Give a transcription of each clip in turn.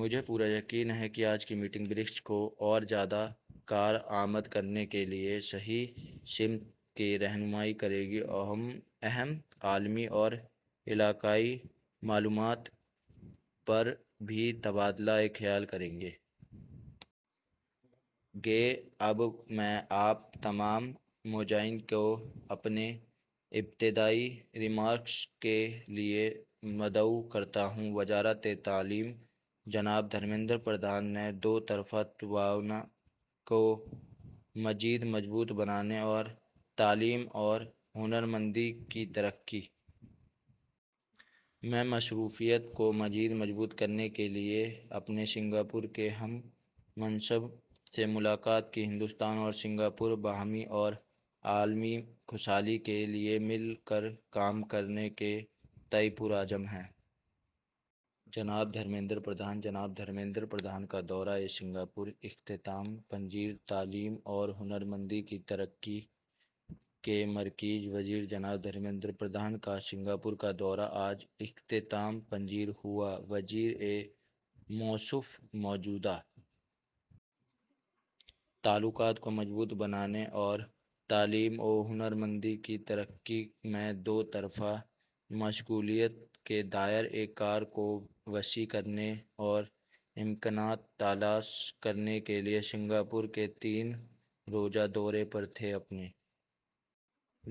مجھے پورا یقین ہے کہ آج کی میٹنگ برکس کو اور زیادہ کارآمد بنانے کے لیے صحیح سمت میں رہنمائی کرے گی ہم اہم عالمی اور علاقائی معاملات پر بھی تبادلہ خیال کریں گے اب میں آپ تمام معززین کو اپنے ابتدائی ریمارکس کے لیے مدعو کرتا ہوں وزارت تعلیم جناب دھرمیندر پردھان نے دوطرفہ تعاون کو مزید مضبوط بنانے اور تعلیم اور ہنرمندی کی ترقی میں مصروفیات کو مزید مضبوط کرنے کے لیے اپنے سنگاپور کے ہم منصب سے ملاقات کی ہندوستان اور سنگاپور باہمی اور عالمی خوشحالی کے لیے مل کر کام کرنے کے تئیں پرعزم ہیں جناب دھرمیندر پردھان جناب دھرمیندر پردھان کا دورۂ سنگاپور اختتام پذیر تعلیم اور ہنرمندی کی ترقی کے مرکزی وزیر جناب دھرمیندر پردھان کا سنگاپور کا دورہ آج اختتام پذیر ہوا وزیر موصوف موجودہ تعلقات کو مضبوط بنانے اور تعلیم و ہنرمندی کی ترقی میں دوطرفہ مشغولیت کے دائرۂ کار کو وسیع کرنے کے امکانات تلاش کرنے کے لیے سنگاپور کے تین روزہ دورے پر تھے اپنے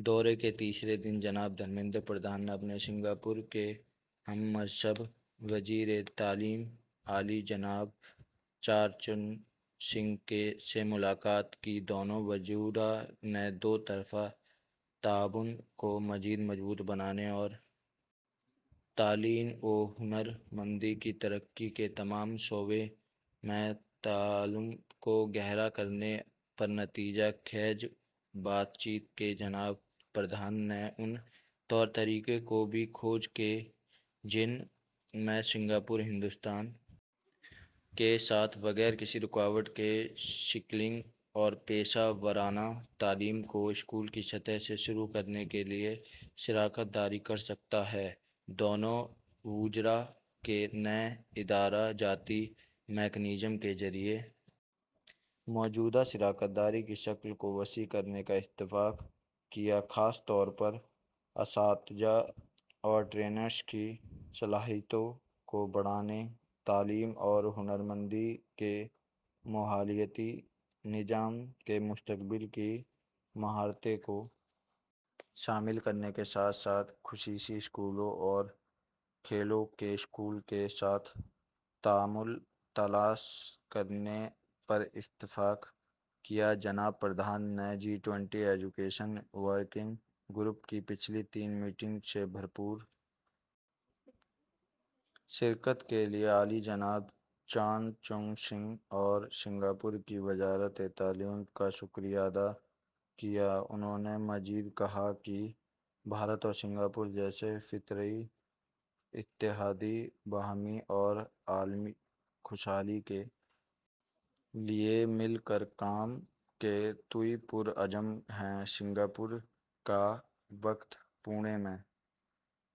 دورے کے تیسرے دن جناب دھرمیندر پردھان نے اپنے سنگاپور کے ہم منصب وزیر تعلیم عالی جناب چان چن سنگ سے ملاقات کی دونوں وزراء نے دوطرفہ تعاون کو مزید مضبوط بنانے اور تعلیم و ہنرمندی کی ترقی کے تمام شعبوں میں تعامل کو گہرا کرنے پر نتیجہ خیز بات چیت کی جناب پردھان نے ان طور طریقوں کی بھی کھوج کی جن میں سنگاپور ہندوستان کے ساتھ بغیر کسی رکاوٹ کے اسکلنگ اور پیشہ ورانہ تعلیم کو اسکول کی سطح سے شروع کرنے کے لیے شراکت داری کر سکتا ہے دونوں وزراء نے ادارہ جاتی میکانزم کے ذریعے موجودہ شراکت داری کی شکل کو وسیع کرنے پر اتفاق کیا خاص طور پر اساتذہ اور ٹرینرز کی صلاحیتوں کو بڑھانے تعلیم اور ہنر مندی کے ماحولیاتی نظام میں مستقبل کی مہارتوں کو شامل کرنے کے ساتھ ساتھ خصوصی اسکولوں اور کھیلوں کے اسکولوں کے ساتھ تعامل تلاش کرنے پر اتفاق کیا جناب پردھان نے G twenty education working group کی پچھلی تین میٹنگوں میں بھرپور شرکت کے لیے عالی جناب چان چن سنگ اور سنگاپور کی وزارت تعلیم کا شکریہ ادا کیا انہوں نے مزید کہا کہ بھارت اور سنگاپور جیسے فطری اتحادی باہمی اور عالمی خوشحالی کے لیے مل کر کام کرنے کے تئیں پرعزم ہیں سنگاپور کا وفد پونے میں